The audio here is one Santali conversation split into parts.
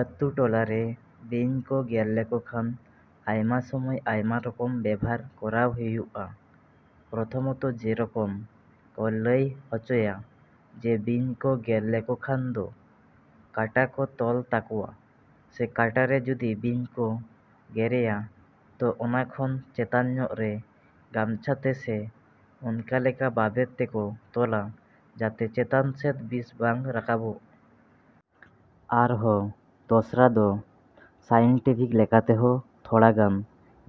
‎ᱟᱹᱛᱩ ᱴᱚᱞᱟ ᱨᱮ ᱵᱤᱧ ᱠᱚ ᱜᱮᱨ ᱞᱮᱠᱚ ᱠᱷᱟᱱ ᱟᱭᱢᱟ ᱥᱚᱢᱚᱭ ᱟᱭᱢᱟ ᱨᱚᱠᱚᱢ ᱵᱮᱵᱚᱦᱟᱨ ᱠᱚᱨᱟᱣ ᱦᱩᱭᱩᱜᱼᱟ᱾ ᱯᱨᱚᱛᱷᱚᱢᱚᱛᱚ ᱡᱮ ᱨᱚᱠᱚᱢ ᱠᱚ ᱞᱟᱹᱭ ᱦᱚᱪᱚᱭᱟ ᱡᱮ ᱵᱤᱧ ᱠᱚ ᱜᱮᱨ ᱞᱮᱠᱚ ᱠᱷᱟᱱ ᱫᱚ ᱠᱟᱴᱟ ᱠᱚ ᱛᱚᱞ ᱛᱟᱠᱚᱣᱟ ᱥᱮ ᱠᱟᱴᱟ ᱨᱮ ᱡᱩᱫᱤ ᱵᱤᱧ ᱠᱚ ᱜᱮᱨᱮᱭᱟ ᱛᱚ ᱚᱱᱟ ᱠᱷᱚᱱ ᱪᱮᱛᱟᱱ ᱧᱚᱜ ᱨᱮ ᱜᱟᱢᱪᱷᱟ ᱛᱮ ᱥᱮ ᱚᱱᱠᱟ ᱞᱮᱠᱟ ᱵᱟᱵᱮᱨ ᱛᱮᱠᱚ ᱛᱚᱞᱟ ᱡᱟᱛᱮ ᱪᱮᱛᱟᱱ ᱥᱮᱫ ᱵᱤᱥ ᱵᱟᱝ ᱨᱟᱠᱟᱵᱚᱜ᱾ ᱟᱨᱦᱚᱸ ᱫᱚᱥᱨᱟ ᱫᱚ ᱥᱟᱭᱮᱱᱴᱤᱯᱷᱤᱠ ᱞᱮᱠᱟ ᱛᱮᱦᱚᱸ ᱛᱷᱚᱲᱟ ᱜᱟᱱ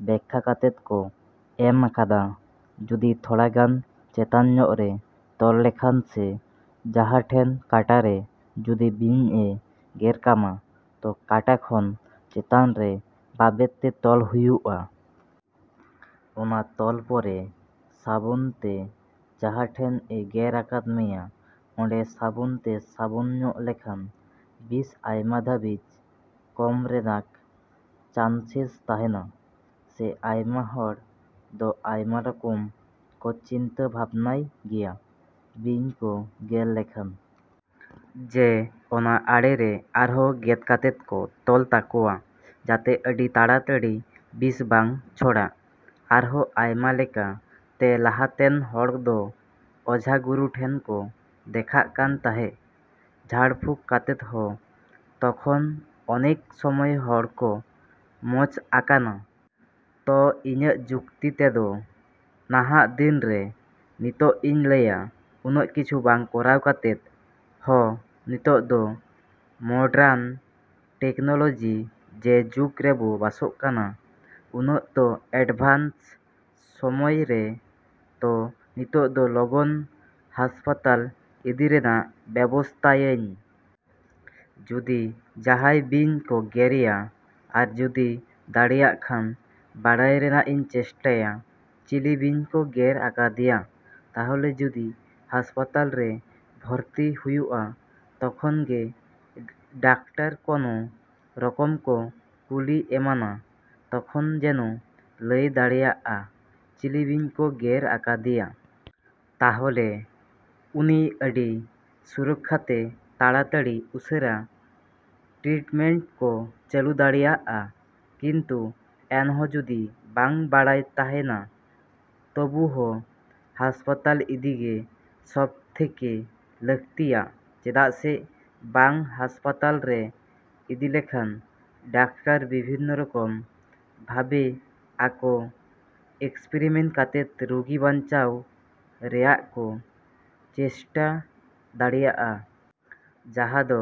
ᱵᱮᱠᱠᱷᱟ ᱠᱟᱛᱮᱫ ᱠᱚ ᱮᱢ ᱟᱠᱟᱫᱟ᱾ ᱡᱩᱫᱤ ᱛᱷᱚᱲᱟ ᱜᱟᱱ ᱪᱮᱛᱟᱱ ᱧᱚᱜ ᱨᱮ ᱛᱚᱞ ᱞᱮᱠᱷᱟᱱ ᱥᱮ ᱡᱟᱦᱟᱸ ᱴᱷᱮᱱ ᱠᱟᱴᱟ ᱨᱮ ᱡᱩᱫᱤ ᱵᱤᱧ ᱮ ᱜᱮᱨ ᱠᱟᱢᱟ ᱛᱚ ᱠᱟᱴᱟ ᱠᱷᱚᱱ ᱪᱮᱛᱟᱱ ᱨᱮ ᱵᱟᱵᱮᱨ ᱛᱮ ᱛᱚᱞ ᱦᱩᱭᱩᱜᱼᱟ᱾ ᱚᱱᱟ ᱛᱚᱞ ᱯᱚᱨᱮ ᱥᱟᱵᱚᱱ ᱛᱮ ᱡᱟᱦᱟᱸ ᱴᱷᱮᱱ ᱮ ᱜᱮᱨ ᱟᱠᱟᱫ ᱢᱮᱭᱟ ᱚᱸᱰᱮ ᱥᱟᱵᱚᱱ ᱛᱮ ᱥᱟᱵᱚᱱ ᱧᱚᱜ ᱞᱮᱠᱷᱟᱱ ᱵᱤᱥ ᱟᱭᱢᱟ ᱫᱷᱟᱵᱤᱡ ᱠᱚᱢ ᱨᱮᱱᱟᱜ ᱪᱟᱱᱥᱮᱥ ᱛᱟᱦᱮᱸᱱᱟ᱾ ᱥᱮ ᱟᱭᱢᱟ ᱦᱚᱲ ᱫᱚ ᱟᱭᱢᱟ ᱨᱚᱠᱚᱢ ᱠᱚ ᱪᱤᱱᱛᱟᱹ ᱵᱷᱟᱵᱽᱱᱟᱭ ᱜᱮᱭᱟ ᱵᱤᱧ ᱠᱚ ᱜᱮᱨ ᱞᱮᱠᱷᱟᱱ᱾ ᱡᱮ ᱚᱱᱟ ᱟᱲᱮ ᱨᱮ ᱟᱨᱦᱚᱸ ᱜᱮᱫ ᱠᱟᱛᱮᱫ ᱠᱚ ᱛᱚᱞ ᱛᱟᱠᱚᱣᱟ ᱡᱟᱛᱮ ᱟᱹᱰᱤ ᱛᱟᱲᱟᱛᱟᱹᱲᱤ ᱵᱤᱥ ᱵᱟᱝ ᱪᱷᱚᱲᱟᱜ᱾ ᱟᱨᱦᱚᱸ ᱟᱭᱢᱟ ᱞᱮᱠᱟ ᱛᱮ ᱞᱟᱦᱟ ᱛᱮᱱ ᱦᱚᱲ ᱫᱚ ᱚᱡᱷᱟ ᱜᱩᱨᱩ ᱴᱷᱮᱱ ᱠᱚ ᱫᱮᱠᱷᱟᱜ ᱠᱟᱱ ᱛᱟᱦᱮᱸ ᱡᱷᱟᱲ ᱯᱷᱩᱠ ᱠᱟᱛᱮᱫ ᱦᱚᱸ, ᱛᱚᱠᱷᱚᱱ ᱚᱱᱮᱠ ᱥᱚᱢᱚᱭ ᱦᱚᱲ ᱠᱚ ᱢᱚᱡᱽ ᱟᱠᱟᱱᱟ᱾ ᱛᱚ ᱤᱧᱟᱹᱜ ᱡᱩᱠᱛᱤ ᱛᱮᱫᱚ ᱱᱟᱦᱟᱜ ᱫᱤᱱ ᱨᱮ ᱱᱤᱛᱚᱜ ᱤᱧ ᱞᱟᱹᱭᱟ ᱩᱱᱟᱹᱜ ᱠᱤᱪᱷᱩ ᱵᱟᱝ ᱠᱚᱨᱟᱣ ᱠᱟᱛᱮᱫ ᱦᱚᱸ ᱱᱤᱛᱚᱜ ᱫᱚ ᱢᱚᱰᱟᱨᱱ ᱴᱮᱠᱱᱚᱞᱚᱡᱤ ᱡᱮ ᱡᱩᱜᱽ ᱨᱮᱵᱚ ᱵᱟᱥᱚᱜ ᱠᱟᱱᱟ᱾ ᱩᱱᱟᱹᱜ ᱛᱚ ᱮᱰᱵᱷᱟᱱᱥ ᱥᱚᱢᱚᱭ ᱨᱮ ᱛᱚ ᱱᱤᱛᱚᱜ ᱫᱚ ᱞᱚᱜᱚᱱ ᱦᱟᱸᱥᱯᱟᱛᱟᱞ ᱤᱫᱤ ᱨᱮᱱᱟᱜ ᱵᱮᱵᱚᱥᱛᱟᱭᱟᱹᱧ᱾ ᱡᱩᱫᱤ ᱡᱟᱦᱟᱸᱭ ᱵᱤᱧ ᱠᱚ ᱜᱮᱨᱮᱭᱟ ᱟᱨ ᱡᱩᱫᱤ ᱫᱟᱲᱮᱭᱟᱜ ᱠᱷᱟᱱ, ᱵᱟᱲᱟᱭ ᱨᱮᱱᱟᱜ ᱤᱧ ᱪᱮᱥᱴᱟᱭᱟ ᱪᱤᱞᱤ ᱵᱤᱧ ᱠᱚ ᱜᱮᱨ ᱟᱠᱟᱫᱮᱭᱟ ᱛᱟᱦᱚᱞᱮ ᱡᱩᱫᱤ ᱦᱟᱸᱥᱯᱟᱛᱟᱞ ᱨᱮ ᱵᱷᱚᱨᱛᱤ ᱦᱩᱭᱩᱜᱼᱟ ᱛᱚᱠᱷᱚᱱ ᱜᱮ ᱰᱟᱠᱛᱟᱨ ᱠᱚᱱᱚ ᱨᱚᱠᱚᱢ ᱠᱚ ᱠᱩᱠᱞᱤ ᱮᱢᱟᱱᱟ᱾ ᱛᱚᱠᱷᱚᱱ ᱡᱮᱱᱚ ᱞᱟᱹᱭ ᱫᱟᱲᱮᱭᱟᱜᱼᱟ, ᱪᱤᱞᱤ ᱵᱤᱧ ᱠᱚ ᱜᱮᱨ ᱟᱠᱟᱫᱮᱭᱟ᱾ ᱛᱟᱦᱞᱮ ᱩᱱᱤ ᱟᱹᱰᱤ ᱥᱩᱨᱚᱠᱠᱷᱟ ᱛᱮ ᱛᱟᱲᱟ ᱛᱟᱹᱲᱤ ᱩᱥᱟᱹᱨᱟ ᱴᱨᱤᱴᱢᱮᱱᱴ ᱠᱚ ᱪᱟᱞᱩ ᱫᱟᱲᱮᱭᱟᱜᱼᱟ᱾ ᱠᱤᱱᱛᱩ ᱮᱱ ᱦᱚᱸ ᱡᱩᱫᱤ ᱵᱟᱝ ᱵᱟᱲᱟᱭ ᱛᱟᱦᱮᱸᱱᱟ ᱛᱚᱵᱩ ᱦᱚᱸ ᱦᱟᱸᱥᱯᱟᱛᱟᱞ ᱤᱫᱤ ᱜᱮ ᱥᱚᱵᱽ ᱛᱷᱮᱠᱮ ᱞᱟ.ᱠᱛᱤᱭᱟ᱾ ᱪᱮᱫᱟᱜ ᱥᱮ ᱵᱟᱝ ᱦᱟᱸᱥᱯᱟᱛᱟᱞ ᱨᱮ ᱤᱫᱤ ᱞᱮᱠᱷᱟᱱ ᱰᱟᱠᱛᱟᱨ ᱵᱤᱵᱷᱤᱱᱱᱚ ᱨᱚᱠᱚᱢ ᱵᱷᱟᱵᱮ ᱟᱠᱚ ᱮᱠᱥᱯᱮᱨᱤᱢᱮᱱᱴ ᱠᱟᱛᱮᱫ ᱨᱩᱜᱤ ᱵᱟᱧᱪᱟᱣ ᱨᱮᱱᱟᱜ ᱠᱚ ᱪᱮᱥᱴᱟ ᱫᱟᱲᱮᱭᱟᱜᱼᱟ᱾ ᱡᱟᱦᱟᱸ ᱫᱚ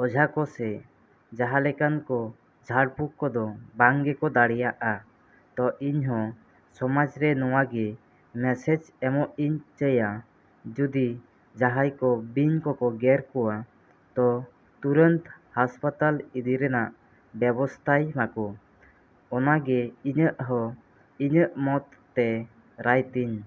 ᱚᱡᱷᱟ ᱠᱚ ᱥᱮ ᱡᱟᱦᱟᱸ ᱞᱮᱠᱟᱱ ᱠᱚ ᱡᱷᱟᱲ ᱯᱷᱩᱠ ᱠᱚᱫᱚ ᱵᱟᱝ ᱜᱮᱠᱚ ᱫᱟᱲᱮᱭᱟᱜᱼᱟ᱾ ᱛᱚ ᱤᱧ ᱦᱚᱸ ᱥᱚᱢᱟᱡᱽ ᱨᱮ ᱱᱚᱣᱟ ᱜᱮ ᱢᱮᱥᱮᱡᱽ ᱮᱢᱚᱜ ᱤᱧ ᱪᱟᱹᱭᱟ᱾ ᱡᱩᱫᱤ ᱡᱟᱦᱟᱸᱭ ᱠᱚ ᱵᱤᱧ ᱠᱚᱠᱚ ᱜᱮᱨ ᱠᱚᱣᱟ ᱛᱚ ᱛᱩᱨᱟᱹᱱᱛ ᱦᱟᱸᱥᱯᱟᱛᱟᱞ ᱤᱫᱤ ᱨᱮᱱᱟᱜ ᱵᱮᱵᱚᱥᱛᱟᱭ ᱢᱟᱠᱚ ᱚᱱᱟ ᱜᱮ ᱤᱧᱟᱹᱜ ᱦᱚᱸ ᱤᱧᱟᱹᱜ ᱢᱚᱛ ᱛᱮ ᱨᱟᱭ ᱛᱤᱧ।